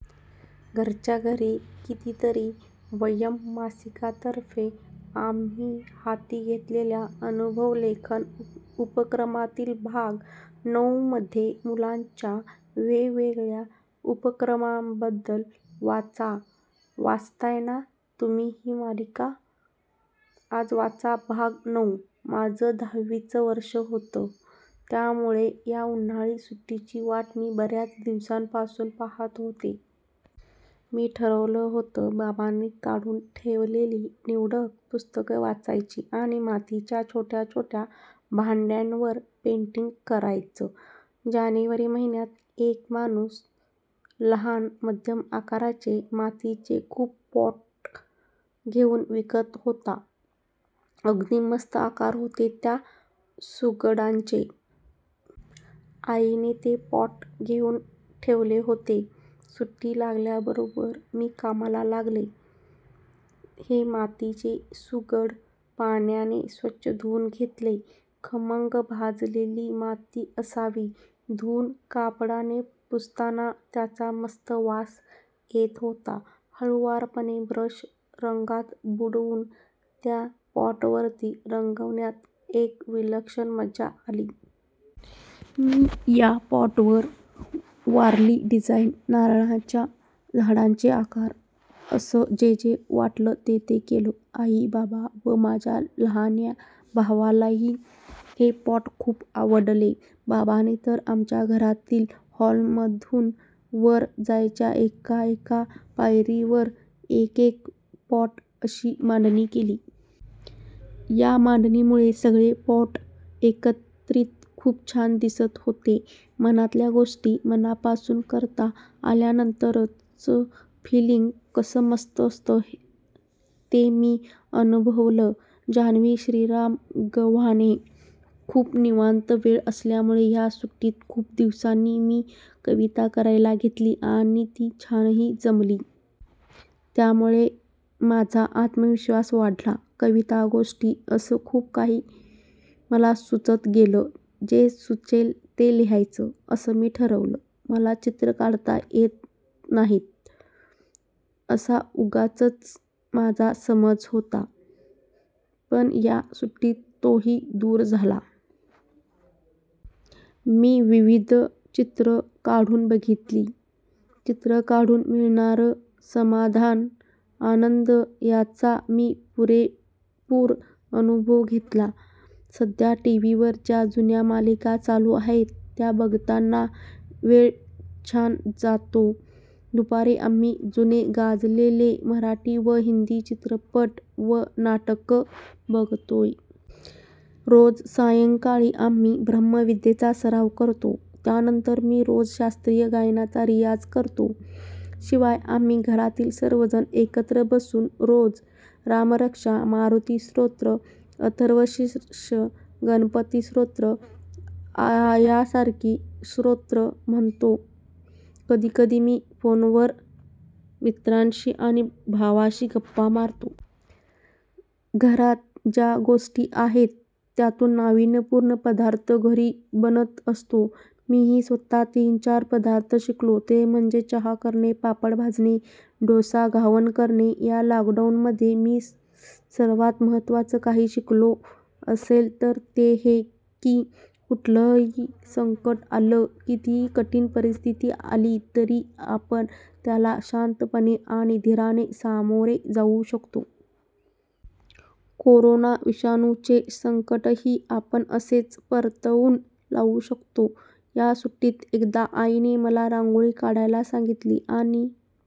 घरच्या घरी, कितीतरी! 'वयम्' मासिकातर्फे आम्ही हाती घेतलेल्या अनुभव-लेखन उपक्रमातील भाग नऊ मध्ये मुलांच्या वेगवेगळ्या उपक्रमांबद्दल वाचा. वाचताय ना तुम्ही ही मालिका? आज वाचा भाग- नऊ. माझं दहावीचं वर्ष होतं. त्यामुळे या उन्हाळी सुट्टीची वाट मी बऱ्याच दिवसांपासून पाहत होते. मी ठरवलं होतं, बाबांनी काढून ठेवलेली निवडक पुस्तकं वाचायची आणि मातीच्या छोट्या-छोट्या भांड्यांवर पेंटिंग करायचं. जानेवारी महिन्यात, एक माणूस लहान, मध्यम आकाराचे मातीचे खूप पॉट घेऊन विकत होता. अगदी मस्त आकार होते त्या सुगडांचे. आईने ते पॉट घेऊन ठेवले होते. सुट्टी लागल्याबरोबर मी कामाला लागले. हे मातीचे सुगड पाण्याने स्वच्छ धुऊन घेतले. खमंग भाजलेली माती असावी. धुऊन कापडाने पुसताना त्याचा मस्त वास येत होता. हळुवारपणे ब्रश रंगात बुडवून त्या पॉटवरती रंगवण्यात एक विलक्षण मजा आली. मी या पॉटवर वारली डिझाइन, नारळांच्या झाडांचे आकार असं जे-जे वाटलं ते-ते केलं. आई, बाबा व माझ्या लहान्या भावालाही हे पॉट खूप आवडले. बाबांनी तर आमच्या घरातील, हॉलमधून वर जायच्या एका-एका पायरीवर एकेक पॉट अशी मांडणी केली. या मांडणीमुळे सगळे पॉट एकत्रित खूप छान दिसत होते. मनातल्या गोष्टी, मनापासून करता आल्यानंतरचं फिलिंग कसं मस्त असतं, ते मी अनुभवलं. जान्हवी श्रीराम गव्हाणे, खूप निवांत वेळ असल्यामुळे या सुट्टीत खूप दिवसांनी मी कविता करायला घेतली आणि ती छानही जमली. त्यामुळे माझा आत्मविश्वास वाढला. कविता, गोष्टी असं खूप काही मला सुचत गेलं. जे सुचेल ते लिहायचं असं मी ठरवलं. मला चित्र काढता येत नाहीत, असा उगाचच माझा समज होता. पण या सुट्टीत तोही दूर झाला. मी विविध चित्रं काढून बघितली. चित्र काढून मिळणार समाधान, आनंद याचा मी पुरेपूर अनुभव घेतला. सध्या टीव्हीवर ज्या जुन्या मालिका चालू आहेत, त्या बघताना वेळ छान जातो. दुपारी आम्ही जुने गाजलेले मराठी व हिंदी चित्रपट व नाटकं बघतोय. रोज सायंकाळी आम्ही ब्रह्मविद्येचा सराव करतो. त्यानंतर मी रोज शास्त्रीय गायनाचा रियाज करतो. शिवाय आम्ही घरातील सर्वजण एकत्र बसून रोज रामरक्षा, मारुती स्तोत्र, अथर्वशीर्ष, गणपती स्तोत्र यासारखी स्तोत्रं म्हणतो. कधी-कधी मी फोनवर मित्रांशी आणि भावाशी गप्पा मारतो. घरात ज्या गोष्टी आहेत, त्यातून नाविन्यपूर्ण पदार्थ घरी बनत असतो. मीही स्वतः तीन-चार पदार्थ शिकलो, ते म्हणजे चहा करणे, पापड भाजणे, डोसा, घावन करणे. या लॉकडाऊनमध्ये मी सर्वात महत्त्वाचं काही शिकलो असेल तर ते हे, की कुठलंही संकट आलं, कितीही कठीण परिस्थिती आली तरी आपण त्याला शांतपणे आणि धीराने सामोरे जाऊ शकतो. कोरोना विषाणूचे संकटही आपण असेच परतवून लावू शकतो. या सुट्टीत एकदा आईने मला रांगोळी काढायला सांगितली, आणि